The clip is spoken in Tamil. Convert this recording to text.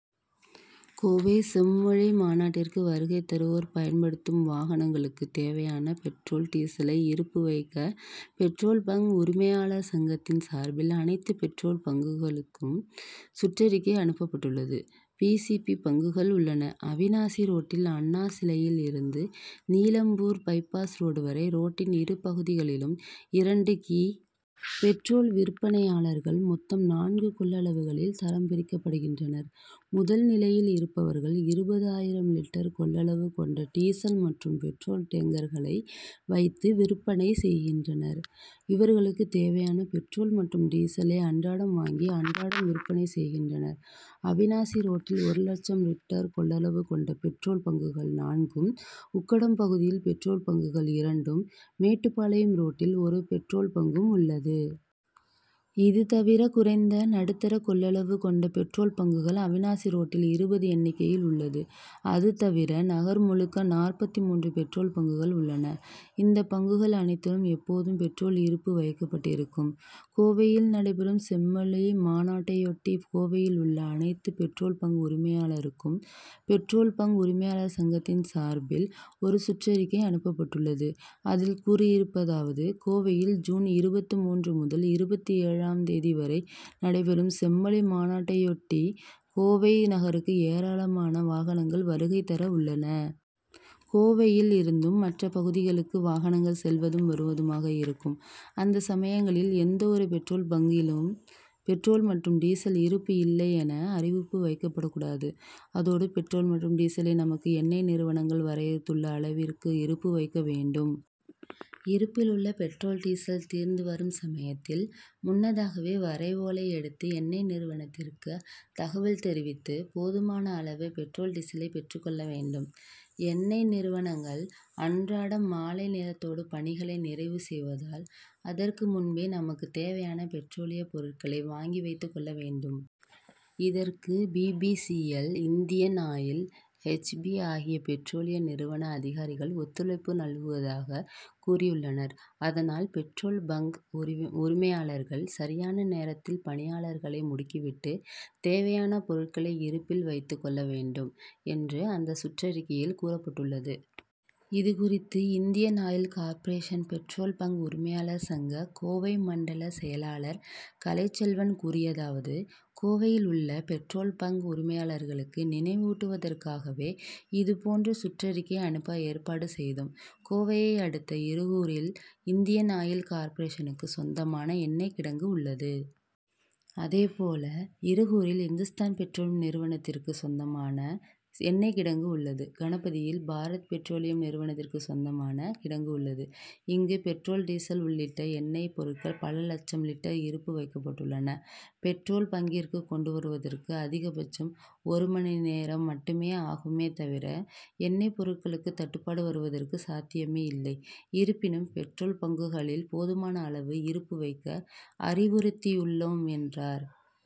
கோவை செம்மொழி மாநாட்டிற்கு வருகை தருவோர் பயன்படுத்தும் வாகனங்களுக்கு தேவையான பெட்ரோல், டீசலை இருப்பு வைக்க பெட்ரோல் பங்க் உரிமையாளர் சங்கத்தின் சார்பில் அனைத்து பெட்ரோல் பங்க்குகளுக்கும் சுற்றறிக்கை அனுப்பப்பட்டுள்ளது. பி. சி. பி.பங்குகள் உள்ளன. அவிநாசி ரோட்டில் அண்ணாசிலையில் இருந்து நீலம்பூர் பை பாஸ் ரோடு வரை ரோட்டின் இரு பகுதிகளிலும், இரண்டு கி. பெட்ரோல் விற்பனையாளர்கள் மொத்தம் நான்கு கொள்ளளவுகளில் தரம் பிரிக்கப்படுகின்றனர். முதல் நிலையில் இருப்பவர்கள் இருபது ஆயிரம் லிட்டர் கொள்ளளவு கொண்ட டீசல் மற்றும் பெட்ரோல் டேங்கர்களை வைத்து விற்பனை செய்கின்றனர். இவர்களுக்கு தேவையான பெட்ரோல் மற்றும் டீசலை அன்றாடம் வாங்கி அன்றாடம் விற்பனை செய்கின்றனர். அவிநாசி ரோட்டில் ஒரு லட்சம் லிட்டர் கொள்ளளவு கொண்ட பெட்ரோல் பங்குகள் நான்கும், உக்கடம் பகுதியில் பெட்ரோல் பங்குகள் இரண்டும், மேட்டுப்பாளையம் ரோட்டில் ஒரு பெட்ரோல் பங்கும் உள்ளது. இது தவிர குறைந்த, நடுத்தர கொள்ளளவு கொண்ட பெட்ரோல் பங்குகள் அவிநாசிரோட்டில் இருபது எண்ணிக்கையில் உள்ளது. அது தவிர நகர் முழுக்க நாற்பத்து மூன்று பெட்ரோல் பங்குகள் உள்ளன. இந்த பங்குகள் அனைத்திலும் எப்போதும் பெட்ரோல் இருப்பு வைக்கப்பட்டிருக்கும். கோவையில் நடைபெறும் செம்மொழி மாநாட்டையொட்டி கோவையில் உள்ள அனைத்து பெட்ரோல் பங்க் உரிமையாளருக்கும், பெட்ரோல் பங்க் உரிமையாளர் சங்கத்தின் சார்பில் ஒரு சுற்றறிக்கை அனுப்பப்பட்டுள்ளது அதில் கூறியிருப்பதாவது: கோவையில் ஜூன் இருபத்துமூன்று முதல் இருபத்தேழாம் தேதி வரை நடைபெறும் செம்மொழி மாநாட்டையொட்டி, கோவை நகருக்கு ஏராளமான வாகனங்கள் வருகை தர உள்ளன. கோவையில் இருந்தும் மற்ற பகுதிகளுக்கு வாகனங்கள் செல்வதும் வருவதுமாக இருக்கும். அந்த சமயங்களில் எந்த ஒரு பெட்ரோல் பங்க்கிலும் பெட்ரோல் மற்றும் டீசல் இருப்பு இல்லை என்ற அறிவிப்பு வைக்கப்படக்கூடாது. அதோடு பெட்ரோல் மற்றும் டீசலை நமக்கு எண்ணெய் நிறுவனங்கள் வரையறுத்துள்ள அளவிற்கு இருப்பு வைக்க வேண்டும். இருப்பிலுள்ள பெட்ரோல், டீசல் தீர்ந்து வரும் சமயத்தில் முன்னதாகவே வரைவோலை எடுத்து எண்ணெய் நிறுவனத்திற்கு தகவல் தெரிவித்து போதுமான அளவு பெட்ரோல் டீசலை பெற்றுக்கொள்ள வேண்டும். எண்ணெய் நிறுவனங்கள் அன்றாடம் மாலை நேரத்தோடு பணிகளை நிறைவு செய்வதால், அதற்கு முன்பே நமக்கு தேவையான பெட்ரோலிய பொருட்களை வாங்கி வைத்துக் கொள்ளவேண்டும். இதற்கு B. P. C. L., Indian Oil, H. P., ஆகிய பெட்ரோலிய நிறுவன அதிகாரிகள் ஒத்துழைப்பு நல்குவதாக கூறியுள்ளனர். அதனால் பெட்ரோல் பங்க் உரிமை உரிமையாளர்கள் சரியான நேரத்தில் பணியாளர்களை முடுக்கிவிட்டு தேவையான பொருட்களை இருப்பில் வைத்துக்கொள்ள வேண்டும், என்று அந்த சுற்றறிக்கையில் குறப்பட்டுள்ளது. இது குறித்து Indian Oil Corporation petrol bunk உரிமையாளர் சங்க, கோவை மண்டல செயலாளர் கலைச்செல்வன் கூறியதாவது: கோவையில் உள்ள பெட்ரோல் பங்க் உரிமையாளர்களுக்கு நினைவூட்டுவதற்காகவே இது போன்ற சுற்றறிக்கை அனுப்ப ஏற்பாடுசெய்தோம். கோவையை அடுத்த இருகூரில் இந்தியன் ஆயில் கார்பரேஷனுக்கு சொந்தமான எண்ணெய்கிடங்கு உள்ளது. அதே போல இருகூரில் இந்துஸ்தான் பெட்ரோலியம் நிறுவனத்திற்கு சொந்தமான எண்ணெய் கிடங்கு உள்ளது. கணபதியில் பாரத்பெட்ரோலியம் நிறுவனத்திற்கு சொந்தமான கிடங்கு உள்ளது. இங்கு பெட்ரோல், டீசல் உள்ளிட்ட எண்ணெய் பொருட்கள் பல லட்சம் லிட்டர்கள் இருப்பு வைக்கப்பட்டுள்ளன. பெட்ரோல் பங்க்கிற்கு கொண்டு வருவதற்கு அதிகபட்சம் ஒரு மணி நேரம் மட்டுமே ஆகுமே தவிர, எண்ணெய் பொருட்களுக்கு தட்டுப்பாடு வருவதற்கு சாத்தியமே இல்லை. இருப்பினும் பெட்ரோல் பங்க்குகளில் போதுமான அளவு இருப்பு வைக்க அறிவுறுத்தியுள்ளோம் என்றார்.